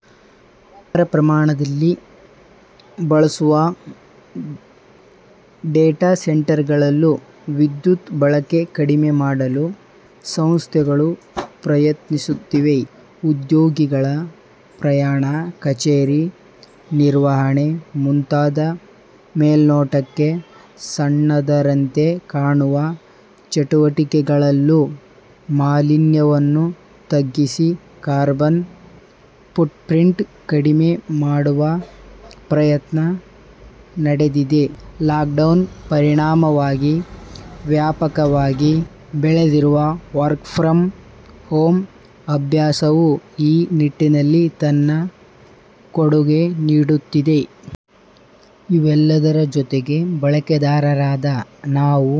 ವಿದ್ಯುತ್ತನ್ನು ಅಪಾರ ಪ್ರಮಾಣದಲ್ಲಿ ಬಳಸುವ ಡೇಟಾಸೆಂಟರುಗಳಲ್ಲೂ ವಿದ್ಯುತ್ ಬಳಕೆ ಕಡಿಮೆ ಮಾಡಲು ಸಂಸ್ಥೆಗಳು ಪ್ರಯತ್ನಿಸುತ್ತಿವೆ. ಉದ್ಯೋಗಿಗಳ ಪ್ರಯಾಣ, ಕಚೇರಿ ನಿರ್ವಹಣೆ ಮುಂತಾದ ಮೇಲ್ನೋಟಕ್ಕೆ ಸಣ್ಣದರಂತೆ ಕಾಣುವ ಚಟುವಟಿಕೆಗಳಲ್ಲೂ ಮಾಲಿನ್ಯವನ್ನು ತಗ್ಗಿಸಿ ಕಾರ್ಬನ್ ಫುಟ್ಪ್ರಿಂಟ್ ಕಡಿಮೆ ಮಾಡುವ ಪ್ರಯತ್ನ ನಡೆದಿದೆ. ಲಾಕ್ಡೌನ್ ಪರಿಣಾಮವಾಗಿ ವ್ಯಾಪಕವಾಗಿ ಬೆಳೆದಿರುವ ವರ್ಕ್ ಫ್ರಮ್ ಹೋಮ್ ಅಭ್ಯಾಸವೂ ಈ ನಿಟ್ಟಿನಲ್ಲಿ ತನ್ನ ಕೊಡುಗೆ ನೀಡುತ್ತಿದೆ. ಇವೆಲ್ಲದರ ಜೊತೆಗೆ ಬಳಕೆದಾರರಾದ ನಾವೂ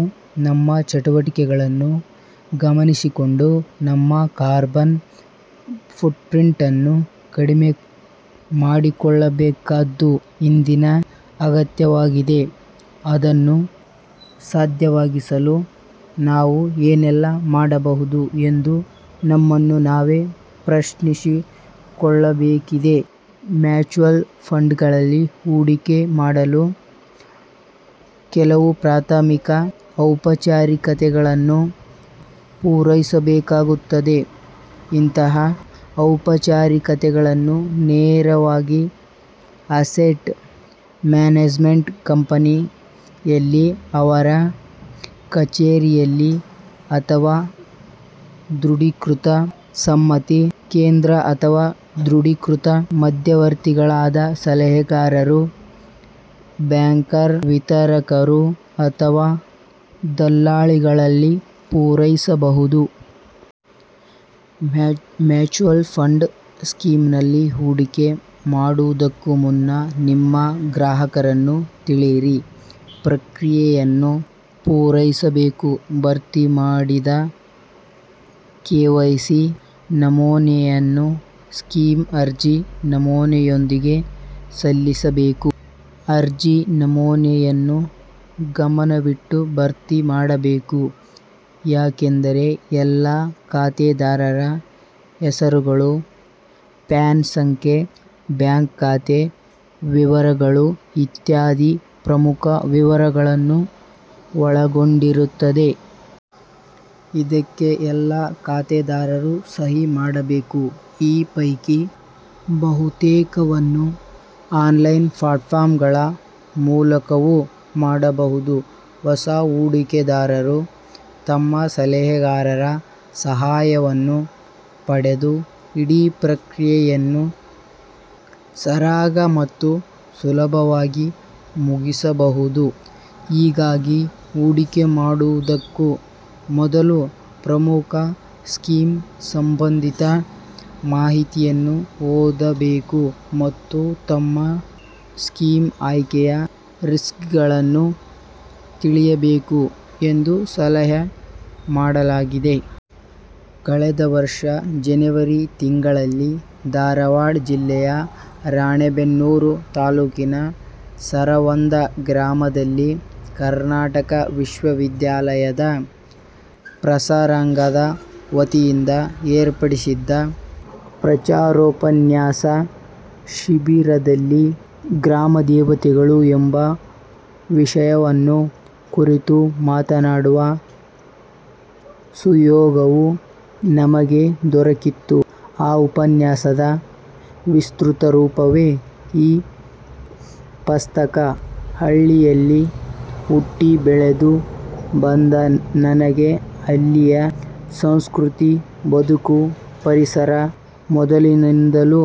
ನಮ್ಮ ಚಟುವಟಿಕೆಗಳನ್ನು ಗಮನಿಸಿಕೊಂಡು ನಮ್ಮ ಕಾರ್ಬನ್ ಫುಟ್ಪ್ರಿಂಟನ್ನೂ ಕಡಿಮೆಮಾಡಿಕೊಳ್ಳಬೇಕಾದ್ದು ಇಂದಿನ ಅಗತ್ಯವಾಗಿದೆ. ಅದನ್ನು ಸಾಧ್ಯವಾಗಿಸಲು ನಾವು ಏನೆಲ್ಲ ಮಾಡಬಹುದು ಎಂದು ನಮ್ಮನ್ನು ನಾವೇ ಪ್ರಶ್ನಿಸಿಕೊಳ್ಳಬೇಕಿದೆ. ಮ್ಯೂಚುವಲ್ ಫಂಡ್ಗಳಲ್ಲಿ ಹೂಡಿಕೆ ಮಾಡಲು ಕೆಲವು ಪ್ರಾಥಮಿಕ ಔಪಚಾರಿಕತೆಗಳನ್ನು ಪೂರೈಸಬೇಕಾಗುತ್ತದೆ. ಇಂತಹ ಔಪಚಾರಿಕತೆಗಳನ್ನು ನೇರವಾಗಿ ಅಸೆಟ್ ಮ್ಯಾನೇಜ್ಮೆಂಟ್ ಕಂಪನಿ ಯಲ್ಲಿ ಅವರ ಕಚೇರಿಯಲ್ಲಿ ಅಥವಾ ದೃಢೀಕೃತ ಸಮ್ಮತಿ ಕೇಂದ್ರ ಅಥವಾ ದೃಢೀಕೃತ ಮಧ್ಯವರ್ತಿಗಳಾದ ಸಲಹೆಗಾರರು, ಬ್ಯಾಂಕರ್, ವಿತರಕರು ಅಥವಾ ದಲ್ಲಾಳಿಗಳಲ್ಲಿ ಪೂರೈಸಬಹುದು. ಮ್ಯೂಚುವಲ್ ಫಂಡ್ ಸ್ಕೀಮ್ನಲ್ಲಿ ಹೂಡಿಕೆ ಮಾಡುವುದಕ್ಕೂ ಮುನ್ನ, ನಿಮ್ಮ ಗ್ರಾಹಕರನ್ನು ತಿಳಿಯಿರಿ ಪ್ರಕ್ರಿಯೆಯನ್ನು ಪೂರೈಸಬೇಕು. ಭರ್ತಿ ಮಾಡಿದ ಕೆವೈಸಿ ನಮೂನೆಯನ್ನು ಸ್ಕೀಮ್ ಅರ್ಜಿ ನಮೂನೆಯೊಂದಿಗೆ ಸಲ್ಲಿಸಬೇಕು. ಅರ್ಜಿ ನಮೂನೆಯನ್ನು ಗಮನವಿಟ್ಟು ಭರ್ತಿ ಮಾಡಬೇಕು. ಯಾಕೆಂದರೆ, ಎಲ್ಲ ಖಾತೆದಾರರ ಹೆಸರುಗಳು, ಪ್ಯಾನ್ ಸಂಖ್ಯೆ, ಬ್ಯಾಂಕ್ ಖಾತೆ ವಿವರಗಳು ಇತ್ಯಾದಿ ಪ್ರಮುಖ ವಿವರಗಳನ್ನು ಒಳಗೊಂಡಿರುತ್ತದೆ. ಇದಕ್ಕೆ ಎಲ್ಲ ಖಾತೆದಾರರೂ ಸಹಿ ಮಾಡಬೇಕು. ಈ ಪೈಕಿ ಬಹುತೇಕವನ್ನು ಆನ್ಲೈನ್ ಪ್ಲಾಟ್ಫಾರಂಗಳ ಮೂಲಕವೂ ಮಾಡಬಹುದು. ಹೊಸ ಹೂಡಿಕೆದಾರರು ತಮ್ಮ ಸಲಹೆಗಾರರ ಸಹಾಯವನ್ನು ಪಡೆದು ಇಡೀ ಪ್ರಕ್ರಿಯೆಯನ್ನು ಸರಾಗ ಮತ್ತು ಸುಲಭವಾಗಿ ಮುಗಿಸಬಹುದು. ಹೀಗಾಗಿ, ಹೂಡಿಕೆ ಮಾಡುವುದಕ್ಕೂ ಮೊದಲು ಪ್ರಮುಖ ಸ್ಕೀಮ್ ಸಂಬಂಧಿತ ಮಾಹಿತಿಯನ್ನು ಓದಬೇಕು ಮತ್ತು ತಮ್ಮ ಸ್ಕೀಮ್ ಆಯ್ಕೆಯ ರಿಸ್ಕ್ಗಳನ್ನು ತಿಳಿಯಬೇಕು ಎಂದು ಸಲಹೆ ಮಾಡಲಾಗಿದೆ. ಕಳೆದ ವರ್ಷ ಜನೆವರಿ ತಿಂಗಳಿನಲ್ಲಿ ಧಾರವಾಡ ಜಿಲ್ಲೆಯ ರಾಣೇಬೆನ್ನೂರ ತಾಲೂಕಿನ ಸರವಂದ ಗ್ರಾಮದಲ್ಲಿ ಕರ್ನಾಟಕ ವಿಶ್ವವಿದ್ಯಾಲಯದ ಪ್ರಸಾರಾಂಗದ ವತಿಯಿಂದ ಏರ್ಪಡಿಸಿದ್ದ ಪ್ರಚಾರೋಪನ್ಯಾಸ ಶಿಬಿರದಲ್ಲಿ 'ಗ್ರಾಮದೇವತೆಗಳು' ಎಂಬ ವಿಷಯವನ್ನು ಕುರಿತು ಮಾತನಾಡುವ ಸುಯೋಗವು ನನಗೆ ದೊರೆಕಿತ್ತು. ಆ ಉಪನ್ಯಾಸದ ವಿಸ್ತೃತರೂಪವೇ ಈ ಪಸ್ತಕ. ಹಳ್ಳಿಯಲ್ಲಿ ಹುಟ್ಟಿ ಬೆಳೆದು ಬಂದ ನನಗೆ ಅಲ್ಲಿಯ ಸಂಸ್ಕೃತಿ, ಬದುಕು, ಪರಿಸರ, ಮೊದಲಿನಿಂದಲೂ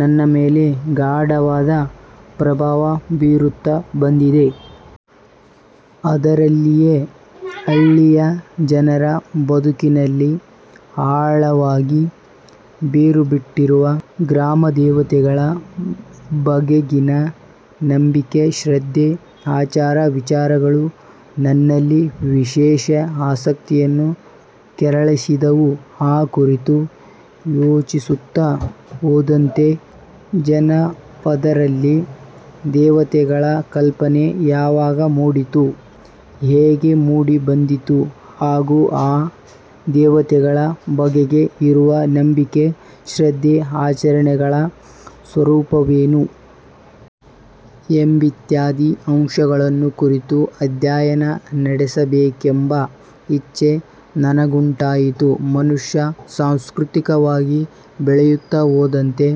ನನ್ನ ಮೇಲೆ ಗಾಢವಾದ ಪ್ರಭಾವ ಬೀರುತ್ತ ಬಂದಿವೆ. ಅದರಲ್ಲಿಯೇ ಹಳ್ಳಿಯ ಜನರ ಬದುಕಿನಲ್ಲಿ ಆಳವಾಗಿ ಬೇರುಬಿಟ್ಟಿರುವ ಗ್ರಾಮದೇವತೆಗಳ ಬಗೆಗಿನ ನಂಬಿಕೆ, ಶ್ರದ್ಧೆ, ಆಚಾರ, ವಿಚಾರಗಳು, ನನ್ನಲ್ಲಿ ವಿಶೇಷ ಆಸಕ್ತಿಯನ್ನು ಕೆರಳಿಸಿದವು. ಆ ಕುರಿತು ಯೋಚಿಸುತ್ತ ಹೋದಂತೆ ಜನಪದರಲ್ಲಿ ದೇವತೆಗಳ ಕಲ್ಪನೆ ಯಾವಾಗ ಮೂಡಿತು. ಹೇಗೆ ಮೂಡಿಬಂದಿತು? ಹಾಗೂ ಆ ದೇವತೆಗಳ ಬಗೆಗೆ ಇರುವ ನಂಬಿಕೆ, ಶ್ರದ್ಧೆ ಆಚರಣೆಗಳ ಸ್ವರೂಪವೇನು? ಎಂಬಿತ್ಯಾದಿ ಅಂಶಗಳನ್ನು ಕುರಿತು ಅಧ್ಯಯನ ನಡೆಸಬೇಕೆಂಬ ಇಚ್ಛೆ ನನಗುಂಟಾಯಿತು. ಮನುಷ್ಯ ಸಾಂಸ್ಕೃತಿಕವಾಗಿ ಬೆಳೆಯುತ್ತ ಹೋದಂತೆ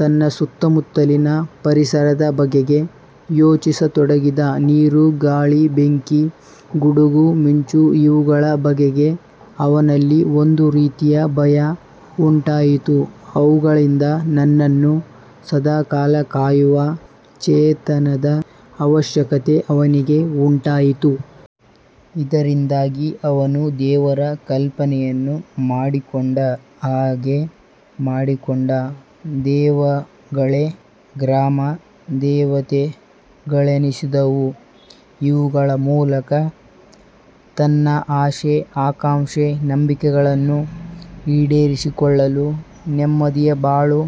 ತನ್ನ ಸುತ್ತ ಮುತ್ತಲಿನ ಪರಿಸರದ ಬಗೆಗೆ ಯೋಚಿಸತೊಡಗಿದ. ನೀರು, ಗಾಳಿ, ಬೆಂಕಿ, ಗುಡುಗು, ಮಿಂಚು ಇವುಗಳ ಬಗೆಗೆ ಅವನಲ್ಲಿ ಒಂದು ರೀತಿಯ ಭಯ ಉಂಟಾಯಿತು ಅವುಗಳಿಂದ ತನ್ನನ್ನು ಸದಾ ಕಾಲ ಕಾಯುವ ಚೇತನದ ಅವಶ್ಯಕತೆ ಅವನಿಗೆ ಉಂಟಾಯಿತು. ಇದರಿಂದಾಗಿ ಅವನು ದೇವರ ಕಲ್ಪನೆಯನ್ನು ಮಾಡಿಕೊಂಡ. ಹಾಗೆ ಮಾಡಿಕೊಂಡ ದೆವಗಳೇ ಗ್ರಾಮ ದೇವತೆಗಳೆನಿಸಿದವು. ಇವುಗಳ ಮೂಲಕ ತನ್ನ ಆಶೆ, ಆಕಾಂಕ್ಷೆ, ನಂಬಿಕೆಗಳನ್ನು ಈಡೇರಿಸಿಕೊಳ್ಳಲು, ನೆಮ್ಮದಿಯ ಬಾಳು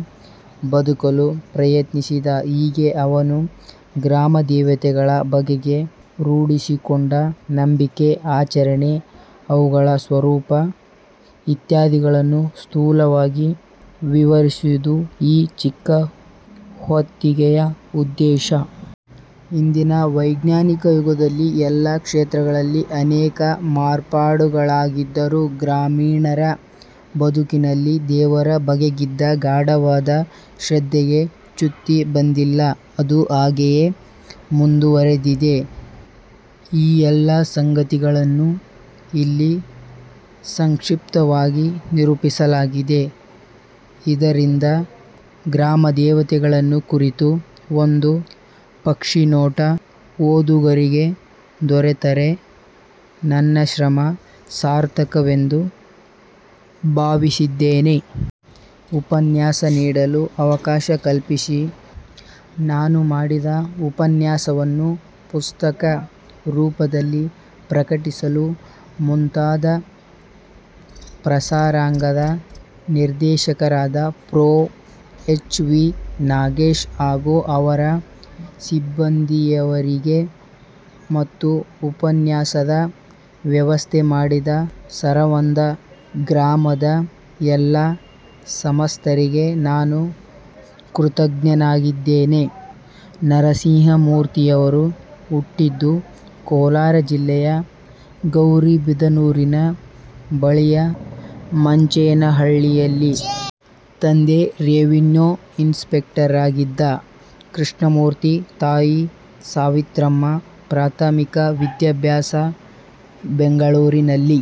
ಬದುಕಲು ಪ್ರಯತ್ನಿಸಿದ. ಹೀಗೆ ಅವನು ಗ್ರಾಮದೇವತೆಗಳ ಬಗೆಗೆ ರೂಢಿಸಿಕೊಂಡ ನಂಬಿಕೆ, ಆಚರಣೆ, ಅವುಗಳ ಸ್ವರೂಪ ಇತ್ಯಾದಿಗಳನ್ನು ಸ್ಥೂಲವಾಗಿ ವಿವರಿಸುವದು ಈ ಚಿಕ್ಕ ಹೊತ್ತಿಗೆಯ ಉದ್ದೇಶ. ಇಂದಿನ ವೈಜ್ಞಾನಿಕಯುಗದಲ್ಲಿ ಎಲ್ಲ ಕ್ಷೇತ್ರಗಳಲ್ಲಿ ಅನೇಕ ಮಾರ್ಪಾಡುಗಳಾಗಿದ್ದರೂ ಗ್ರಾಮೀಣರ ಬದುಕಿನಲ್ಲಿ ದೇವರ ಬಗೆಗಿದ್ದ ಗಾಢವಾದ ಶ್ರದ್ಧೆಗೆ ಚ್ಯುತಿ ಬಂದಿಲ್ಲ. ಅದು ಹಾಗೆಯೇ ಮುಂದುವರೆದಿದೆ. ಈ ಎಲ್ಲ ಸಂಗತಿಗಳನ್ನು ಇಲ್ಲಿ ಸಂಕ್ಷಿಪ್ತವಾಗಿ ನಿರೂಪಿಸಲಾಗಿದೆ. ಇದರಿಂದ ಗ್ರಾಮದೇವತೆಗಳನ್ನು ಕುರಿತು ಒಂದು ಪಕ್ಷಿನೋಟ ಓದುಗರಿಗೆ ದೊರೆತರೆ ನನ್ನ ಶ್ರಮ ಸಾರ್ಥಕವೆಂದು ಭಾವಿಸಿದ್ದೇನೆ. ಉಪನ್ಯಾಸ ನೀಡಲು ಅವಕಾಶ ಕಲ್ಪಿಸಿ ನಾನು ಮಾಡಿದ ಉಪನ್ಯಾಸವನ್ನು ಪುಸ್ತಕ ರೂಪದಲ್ಲಿ ಪ್ರಕಟಿಸಲು ಮುಂದಾದ ಪ್ರಸಾರಾಂಗದ ನಿರ್ದೇಶಕರಾದ ಪ್ರೊ ಎಚ್. ವಿ. ನಾಗೇಶ್ ಹಾಗೂ ಅವರ ಸಿಬ್ಬಂದಿಯವರಿಗೆ, ಮತ್ತು ಉಪನ್ಯಾಸದ ವ್ಯವಸ್ಥೆ ಮಾಡಿದ ಸರವಂದ ಗ್ರಾಮದ ಎಲ್ಲ ಸಮಸ್ತರಿಗೆ ನಾನು ಕೃತಜ್ಞನಾಗಿದ್ದೇನೆ. ನರಸಿಂಹಮೂರ್ತಿಯವರು ಹುಟ್ಟಿದ್ದು ಕೋಲಾರ ಜಿಲ್ಲೆಯ ಗೌರಿಬಿದನೂರಿನ ಬಳಿಯ ಮಂಚೇನಹಳ್ಳಿಯಲ್ಲಿ. ತಂದೆ ರೆವಿನ್ಯೂ ಇನ್ಸ್ ಪೆಕ್ಟರಾಗಿದ್ದ ಕೃಷ್ಣಮೂರ್ತಿ, ತಾಯಿ ಸಾವಿತ್ರಮ್ಮ. ಪ್ರಾಥಮಿಕ ವಿದ್ಯಾಭ್ಯಾಸ ಬೆಂಗಳೂರಿನಲ್ಲಿ.